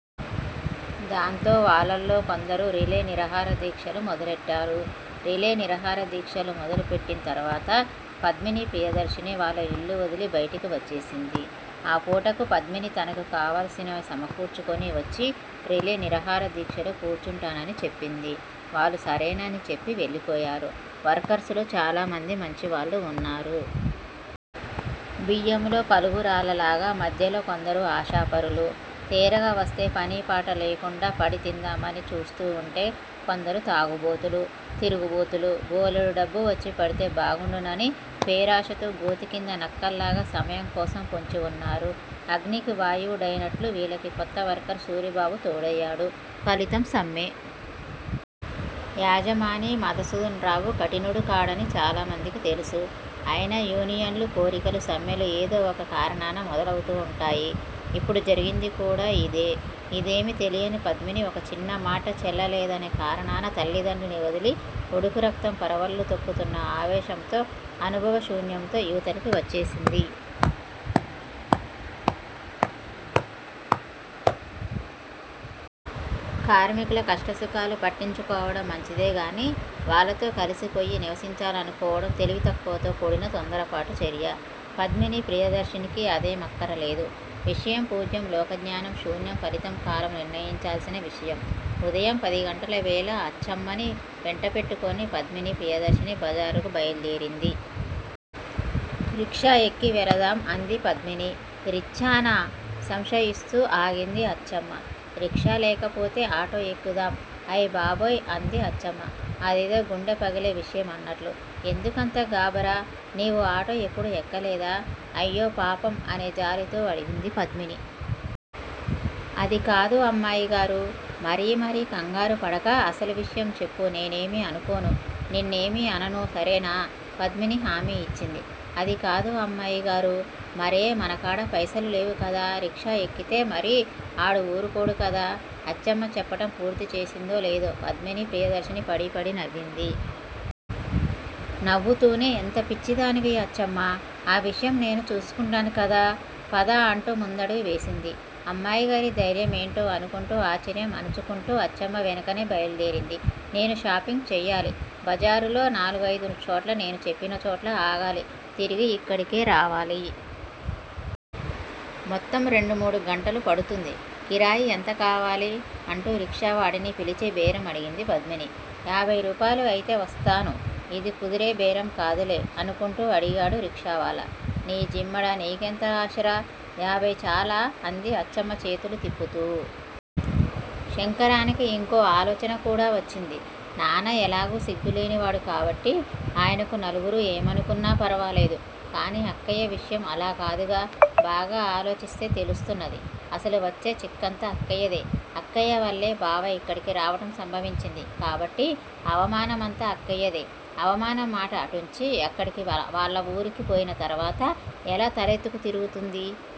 దాంతో వాళ్ళల్లో కొందరు రిలే నిరాహారదీక్షలు మొదలుపెట్టారు. రిలే నిరాహారదీక్షలు మొదలు పెట్టింతరువాత పద్మిని ప్రియదర్శిని వాళ్ళ ఇల్లువదిలి బయటికి వచ్చేసింది. ఆ పూటకి పద్మిని తనకి కావాల్సినవి సమకూర్చుకుని వచ్చి రిలే నిరాహారదీక్షలో కూర్చుంటానని చెప్పింది. వాళ్ళు సరేనని చెప్పి వెళ్ళిపోయారు. వర్కర్స్ లో చాలామంది మంచివాళ్ళు వున్నారు. బియ్యంలో పలుగు రాళ్ళలాగా మధ్యలో కొందరు ఆశ పరులు, తేరగ వస్తే పనిపాట లేకుండా పడి తిందామని చూస్తూవుంటే, కొందరు తాగుబోతులు, తిరుగుబోతులు బోలెడు డబ్బు వచ్చిపడితే బాగుండునని పేరాశతో గోతి కింద నక్కల్లాగ సమయం కోసం పొంచివున్నారు. అగ్నికి వాయువు డయినట్లు వీళ్ళకి కొత్తవర్కర్ సూరిబాబు తోడయ్యాడు, ఫలితం సమ్మె! యజమాని మధుసూదనరావు కఠినుడు కాడని చాలామందికి తెలుసు. అయినా యూనియన్ లు కోరికలు సమ్మెలు ఏదో వొక కారణాన మొదలవుతుంటాయి. ఇప్పుడు జరిగింది కూడా అదే. ఇదేమి తెలియని పద్మిని ఒక చిన్న మాట చెల్లలేదనే కారణాన తల్లితండ్రిని వదిలి ఉడుకురక్తం పరవళ్ళు తొక్కుతున్న ఆవేశంతో అనుభవశూన్యంతో ఇవతలికి వచ్చేసింది. కార్మికుల కష్టసుఖాలు పట్టించుకోవటం మంచిదే గాని వాళ్ళతో కలిసిపోయి నివసించాలనుకోవటం తెలివితక్కువతో కూడిన తొందరపాటు చర్య. పద్మిని ప్రియదర్శినికి అదేం అక్కరలేదు. విషయం పూజ్యం లోకజ్ఞానం శూన్యం ఫలితం కాలం నిర్ణయించాల్సిన విషయం. ఉదయం పదిగంటల వేళ__ అచ్చమ్మని వెంటపెట్టుకుని పద్మిని ప్రియదర్శిని బజారు బయలుదేరింది. రిక్షా ఎక్కి వెళదాం అంది పద్మిని. రిచ్చానా? సంశయిస్తూ ఆగింది అచ్చమ్మ. రిక్షా లేకపోతే ఆటో ఎక్కుదాం అయ్ బాబోయ్ అంది అచ్చమ్మ అదేదో గుండె పగిలే విషయం అన్నట్లు. ఎందుకంత గాభరా! నీవు ఆటో యెప్పుడూ ఎక్కలేదా? అయ్యోపాపం అనే జాలితో అడిగింది పద్మిని. అది కాదు అమ్మాయిగారూ! మరి మరి కంగారుపడక అసలు విషయం చెప్పు నేనేమీ అనుకోను. నిన్నేమీ అనను సరేనా? పద్మిని హామీ యిచ్చింది. అదికాదు అమ్మాయిగారూ! మరే మనకాడ పైసలు లేవు కదా! రిక్షా ఎక్కితే మరి ఆడు ఊరుకోడు కదా? అచ్చమ్మ చెప్పటం పూర్తిచేసిందో లేదో పద్మిని ప్రియదర్శిని పడి పడి నవ్వింది. నవ్వుతూనే ఎంత పిచ్చిదానివి అచ్చమ్మా! ఆ విషయం నేను చూసుకుంటాను కదా! పద అంటూ ముందడుగు వేసింది. అమ్మాయిగారి ధైర్యం ఏంటో అనుకుంటూ ఆశ్చర్యం అణచుకుంటూ అచ్చమ్మ వెనుకనే బయలుదేరింది. నేను షాపింగ్ చేయాలి! జబారులో నాలుగయిదు చోట్ల నేను చెప్పినచోట్ల ఆగాలి. తిరిగి యిక్కడికే రావాలి. మొత్తం రెండుమూడు గంటలు పడుతుంది. కిరాయి ఎంత కావాలి? అంటూ రిక్షా వాడిని పిలిచి బేరం అడిగింది పద్మిని. యాభై రూపాయలు అయితే వస్తాను ఇది కుదిరే బేరం కాదులే అనుకుంటూ అడిగాడు రిక్షావాలా. నీ జిమ్మడ నీకెంత ఆశరా, యాభై చాలా! అంది అచ్చమ్మ చేతులు తిప్పుతూ. శంకరానికి యింకో ఆలోచనకూడా వచ్చింది. నాన్న ఎలాగూ సిగ్గులేని వాడు కాబట్టి ఆయనకు నలుగురూ ఏమనుకున్న ఫర్వాలేదు. కాని అక్కయ్య విషయం అలాకాదుగా బాగా ఆలోచిస్తే తెలుస్తున్నది. అసలు వచ్చే చిక్కంతా అక్కయ్యదే. అక్కయ్యవల్లే బావ ఇక్కడికి రావటం సంభవించింది కాబట్టి అవమానమంతా అక్కయ్యదే. అవమానం మాట అటుంచి అక్కడికి వాళ్ళవూరికి పోయిన తర్వాత ఎలా తలెత్తుకు తిరుగుతుంది?